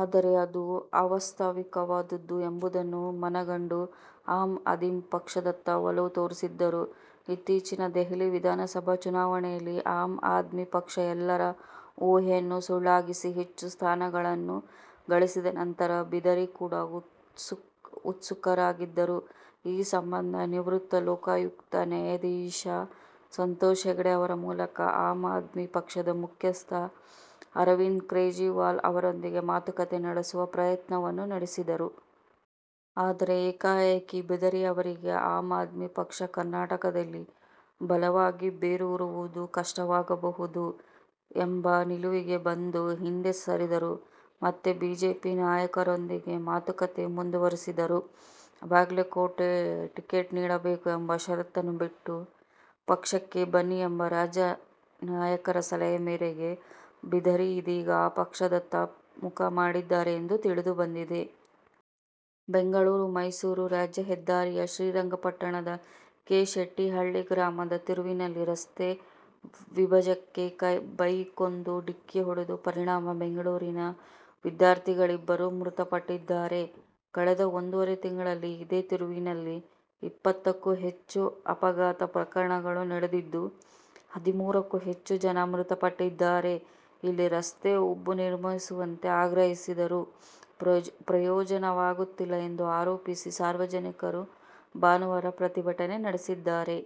ಆದರೆ, ಅದು ಆವಾಸ್ತವಿಕವಾದದ್ದು ಎಂಬುದನ್ನು ಮನಗಂಡು ಆಮ್ ಆದ್ಮಿ ಪಕ್ಷದತ್ತ ಒಲವು ತೋರಿದ್ದರು. ಇತ್ತೀಚಿನ ದೆಹಲಿ ವಿಧಾನಸಭಾ ಚುನಾವಣೆಯಲ್ಲಿ ಆಮ್ ಆದ್ಮಿ ಪಕ್ಷ ಎಲ್ಲರ ಊಹೆಯನ್ನು ಸುಳ್ಳಾಗಿಸಿ ಹೆಚ್ಚು ಸ್ಥಾನಗಳನ್ನು ಗಳಿಸಿದ ನಂತರ ಬಿದರಿ ಕೂಡ ಉತ್ಸುಕರಾಗಿದ್ದರು. ಈ ಸಂಬಂಧ ನಿವೃತ್ತ ಲೋಕಾಯುಕ್ತ ನ್ಯಾಯಾಧೀಶ ಸಂತೋಷ್ ಹೆಗ್ಡೆ ಅವರ ಮೂಲಕ ಆಮ್ ಆದ್ಮಿ ಪಕ್ಷದ ಮುಖ್ಯಸ್ಥ ಅರವಿಂದ್ ಕೇಜ್ರಿವಾಲ್ ಅವರೊಂದಿಗೆ ಮಾತುಕತೆ ನಡೆಸುವ ಪ್ರಯತ್ನವನ್ನೂ ನಡೆಸಿದರು. ಆದರೆ, ಏಕಾಏಕಿ ಬಿದರಿ ಅವರಿಗೆ ಆಮ್ ಆದ್ಮಿ ಪಕ್ಷ ಕರ್ನಾಟಕದಲ್ಲಿ ಬಲವಾಗಿ ಬೇರೂರುವುದು ಕಷ್ಟವಾಗಬಹುದು ಎಂಬ ನಿಲುವಿಗೆ ಬಂದು ಹಿಂದೆ ಸರಿದರು. ಮತ್ತೆ ಬಿಜೆಪಿ ನಾಯಕರೊಂದಿಗೇ ಮಾತುಕತೆ ಮುಂದುವರೆಸಿದರು. ಬಾಗಲಕೋಟೆ ಟಿಕೆಟ್ ನೀಡಬೇಕು ಎಂಬ ಷರತ್ತನ್ನು ಬಿಟ್ಟು ಪಕ್ಷಕ್ಕೆ ಬನ್ನಿ ಎಂಬ ರಾಜ್ಯ ನಾಯಕರ ಸಲಹೆ ಮೇರೆಗೆ ಬಿದರಿ ಇದೀಗ ಆ ಪಕ್ಷದತ್ತ ಮುಖ ಮಾಡಿದ್ದಾರೆ ಎಂದು ತಿಳಿದು ಬಂದಿದೆ. ಬೆಂಗಳೂರು- ಮೈಸೂರು ರಾಜ್ಯ ಹೆದ್ದಾರಿಯ ಶ್ರೀರಂಗಪಟ್ಟಣದ ಕೆ. ಶೆಟ್ಟಿಹಳ್ಳಿ ಗ್ರಾಮದ ತಿರುವಿನಲ್ಲಿ ರಸ್ತೆ ವಿಭಜಗಕ್ಕೆ ಬೈಕೊಂದು ಡಿಕ್ಕಿ ಹೊಡೆದ ಪರಿಣಾಮ ಬೆಂಗಳೂರಿನ ವಿದ್ಯಾರ್ಥಿಗಳಿಬ್ಬರು ಮೃತಪಟ್ಟಿದ್ದಾರೆ. ಕಳೆದ ಒಂದೂವರೆ ತಿಂಗಳಲ್ಲಿ ಇದೇ ತಿರುವಿನಲ್ಲಿ ಇಪ್ಪತ್ತಕ್ಕೂ ಹೆಚ್ಚು ಅಪಘಾತ ಪ್ರಕರಣಗಳು ನಡೆದಿದ್ದು, ಹದಿಮೂರಕ್ಕೂ ಹೆಚ್ಚು ಜನ ಮೃತಪಟ್ಟಿದ್ದಾರೆ. ಇಲ್ಲಿ ರಸ್ತೆ ಉಬ್ಬು ನಿರ್ಮಿಸುವಂತೆ ಆಗ್ರಹಿಸಿದರೂ ಪ್ರಯೋಜನವಾಗುತ್ತಿಲ್ಲ ಎಂದು ಆರೋಪಿಸಿ ಸಾರ್ವಜನಿಕರು ಭಾನುವಾರ ಪ್ರತಿಭಟನೆ ನಡೆಸಿದ್ದಾರೆ.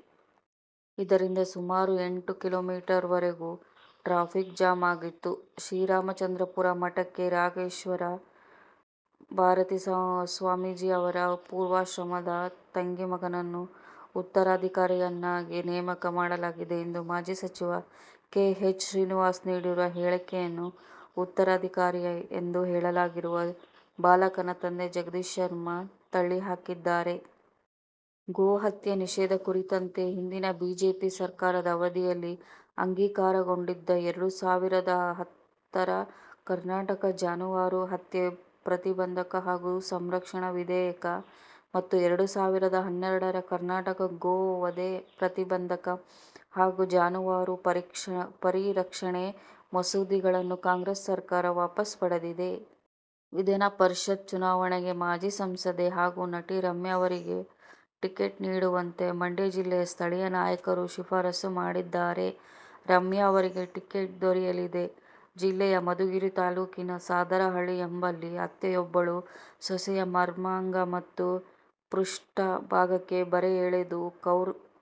ಇದರಿಂದ ಸುಮಾರು ಎಂಟು ಕಿಲೋಮೀಟರ್ವರೆಗೂ ಟ್ರಾಫಿಕ್ ಜಾಮ್ ಆಗಿತ್ತು. ಶ್ರೀ ರಾಮಚಂದ್ರಾಪುರ ಮಠಕ್ಕೆ ರಾಘವೇಶ್ವರ ಭಾರತಿ ಸ್ವಾಮೀಜಿಯವರ ಪೂರ್ವಾಶ್ರಮದ ತಂಗಿ ಮಗನನ್ನು ಉತ್ತರಾಧಿಕಾರಿಯನ್ನಾಗಿ ನೇಮಕ ಮಾಡಲಾಗಿದೆ ಎಂದು ಮಾಜಿ ಸಚಿವ ಕೆ. ಎಚ್. ಶ್ರೀನಿವಾಸ್ ನೀಡಿರುವ ಹೇಳಿಕೆಯನ್ನು ಉತ್ತರಾಧಿಕಾರಿ ಎಂದು ಹೇಳಲಾಗಿರುವ ಬಾಲಕನ ತಂದೆ ಜಗದೀಶ್ ಶರ್ಮಾ ತಳ್ಳಿ ಹಾಕಿದ್ದಾರೆ. ಗೋಹತ್ಯೆ ನಿಷೇಧ ಕುರಿತಂತೆ ಹಿಂದಿನ ಬಿಜೆಪಿ ಸರ್ಕಾರದ ಅವಧಿಯಲ್ಲಿ ಅಂಗೀಕಾರಗೊಂಡಿದ್ದ ಎರಡು ಸಾವಿರದ ಹತ್ತರ ಕರ್ನಾಟಕ ಜಾನುವಾರು ಹತ್ಯೆ ಪ್ರತಿಬಂಧಕ ಹಾಗೂ ಸಂರಕ್ಷಣಾ ವಿಧೇಯಕ ಮತ್ತು ಎರಡು ಸಾವಿರದ ಹನ್ನೆರಡರ ಕರ್ನಾಟಕ ಗೋವಧೆ ಪ್ರತಿಬಂಧಕ ಹಾಗೂ ಜಾನುವಾರು ಪರಿರಕ್ಷಣೆ ಮಸೂದೆಗಳನ್ನು ಕಾಂಗ್ರೆಸ್ ಸರ್ಕಾರ ವಾಪಸ್ ಪಡೆದಿದೆ. ವಿಧಾನಪರಿಷತ್ ಚುನಾವಣೆಗೆ ಮಾಜಿ ಸಂಸದೆ ಹಾಗೂ ನಟಿ ರಮ್ಯಾ ಅವರಿಗೆ ಟಿಕೆಟ್ ನೀಡುವಂತೆ ಮಂಡ್ಯ ಜಿಲ್ಲೆಯ ಸ್ಥಳೀಯ ನಾಯಕರು ಶಿಫಾರಸು ಮಾಡಿದ್ದರೆ ರಮ್ಯಾ ಅವರಿಗೆ ಟಿಕೆಟ್ ದೊರೆಯಲಿದೆ. ಜಿಲ್ಲೆಯ ಮಧುಗಿರಿ ತಾಲೂಕಿನ ಸಾದರಹಳ್ಳಿ ಎಂಬಲ್ಲಿ ಅತ್ತೆಯೊಬ್ಬಳು ಸೊಸೆಯ ಮರ್ಮಾಂಗ ಮತ್ತು ಪೃಷ್ಠ ಭಾಗಕ್ಕೆ ಬರೆ ಎಳೆದು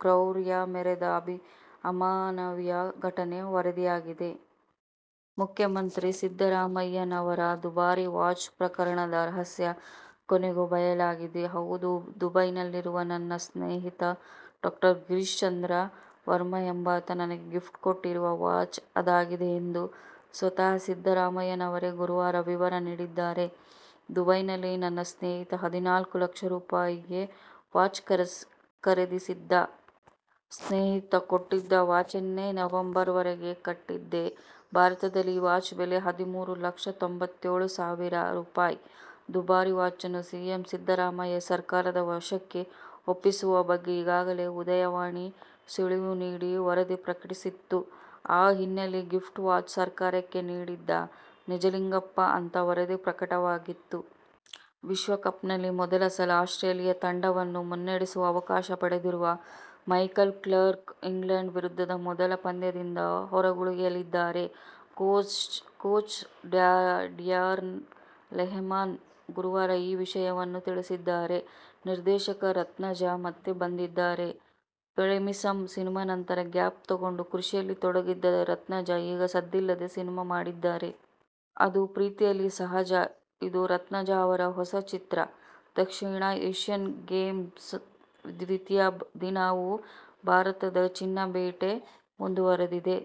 ಕ್ರೌರ್ಯ ಮೆರೆದ ಅಮಾನವೀಯ ಘಟನೆ ವರದಿಯಾಗಿದೆ. ಮುಖ್ಯಮಂತ್ರಿ ಸಿದ್ಧರಾಮಯ್ಯನವರ ದುಬಾರಿ ವಾಚ್ ಪ್ರಕರಣದ ರಹಸ್ಯ ಕೊನೆಗೂ ಬಯಲಾಗಿದೆ. ಹೌದು ದುಬೈನಲ್ಲಿರುವ ನನ್ನ ಸ್ನೇಹಿತ ಡಾ. ಗಿರೀಶ್ ಚಂದ್ರ ವರ್ಮಾ ಎಂಬಾತ ನನಗೆ ಗಿಫ್ಟ್ ಕೊಟ್ಟಿರುವ ವಾಚ್ ಅದಾಗಿದೆ ಎಂದು ಸ್ವತಃ ಸಿದ್ದರಾಮಯ್ಯನವರೇ ಗುರುವಾರ ವಿವರ ನೀಡಿದ್ದಾರೆ. ದುಬೈನಲ್ಲಿ ನನ್ನ ಸ್ನೇಹಿತ ಹದಿನಾಲ್ಕು ಲಕ್ಷ ರೂಪಾಯಿಗೆ ವಾಚ್ ಖರೀದಿಸಿದ್ದ. ಸ್ನೇಹಿತ ಕೊಟ್ಟಿದ್ದ ವಾಚನ್ನೆ ನವೆಂಬರ್ ವರೆಗೆ ಕಟ್ಟಿದ್ದೆ. ಭಾರತದಲ್ಲಿ ಈ ವಾಚ್ ಬೆಲೆ ಹದಿಮೂರು ಲಕ್ಷ ತೊಂಬತ್ತೇಳು ಸಾವಿರ ರೂಪಾಯಿ. ದುಬಾರಿ ವಾಚನ್ನು ಸಿಎಂ ಸಿದ್ದರಾಮಯ್ಯ ಸರ್ಕಾರದ ವಶಕ್ಕೆ ಒಪ್ಪಿಸುವ ಬಗ್ಗೆ ಈಗಾಗಲೇ ಉದಯವಾಣಿ ಸುಳಿವು ನೀಡಿ ವರದಿ ಪ್ರಕಟಿಸಿತ್ತು. ಆ ಹಿನ್ನೆಲೆಯಲ್ಲಿ ಗಿಫ್ಟ್ ವಾಚ್ ಸರ್ಕಾರಕ್ಕೆ ನೀಡಿದ್ದ ನಿಜಲಿಂಗಪ್ಪ ಅಂತ ವರದಿ ಪ್ರಕಟವಾಗಿತ್ತು. ವಿಶ್ವಕಪ್ನಲ್ಲಿ ಮೊದಲ ಸಲ ಆಸ್ಟ್ರೇಲಿಯ ತಂಡವನ್ನು ಮುನ್ನಡೆಸುವ ಅವಕಾಶ ಪಡೆದಿರುವ ಮೈಕಲ್ ಕ್ಲಾರ್ಕ್ ಇಂಗ್ಲೆಂಡ್ ವಿರುದ್ಧದ ಮೊದಲ ಪಂದ್ಯದಿಂದ ಹೊರಗುಳಿಯಲಿದ್ದಾರೆ. ಕೋಚ್ ಡ್ಯಾರನ್ ಲೆಹ್ಮನ್ ಗುರುವಾರ ಈ ವಿಷಯವನ್ನು ತಿಳಿಸಿದ್ದಾರೆ. ನಿರ್ದೇಶಕ ರತ್ನಜ ಮತ್ತೆ ಬಂದಿದ್ದಾರೆ. "ಪ್ರೇಮಿಸಂ' ಸಿನಿಮಾ ನಂತರ ಗ್ಯಾಪ್ ತಗೊಂಡು, ಕೃಷಿಯಲ್ಲಿ ತೊಡಗಿದ್ದ ರತ್ನಜ ಈಗ ಸದ್ದಿಲ್ಲದೇ ಸಿನಿಮಾ ಮಾಡಿದ್ದಾರೆ. ಅದು "ಪ್ರೀತಿಯಲ್ಲಿ ಸಹಜ'. ಇದು ರತ್ನಜ ಅವರ ಹೊಸ ಚಿತ್ರ. ದಕ್ಷಿಣ ಏಶ್ಯನ್ ಗೇಮ್ಸ್ನ ದ್ವಿತೀಯ ದಿನವೂ ಭಾರತದ ಚಿನ್ನ ಬೇಟೆ ಮುಂದುವರೆದಿದೆ.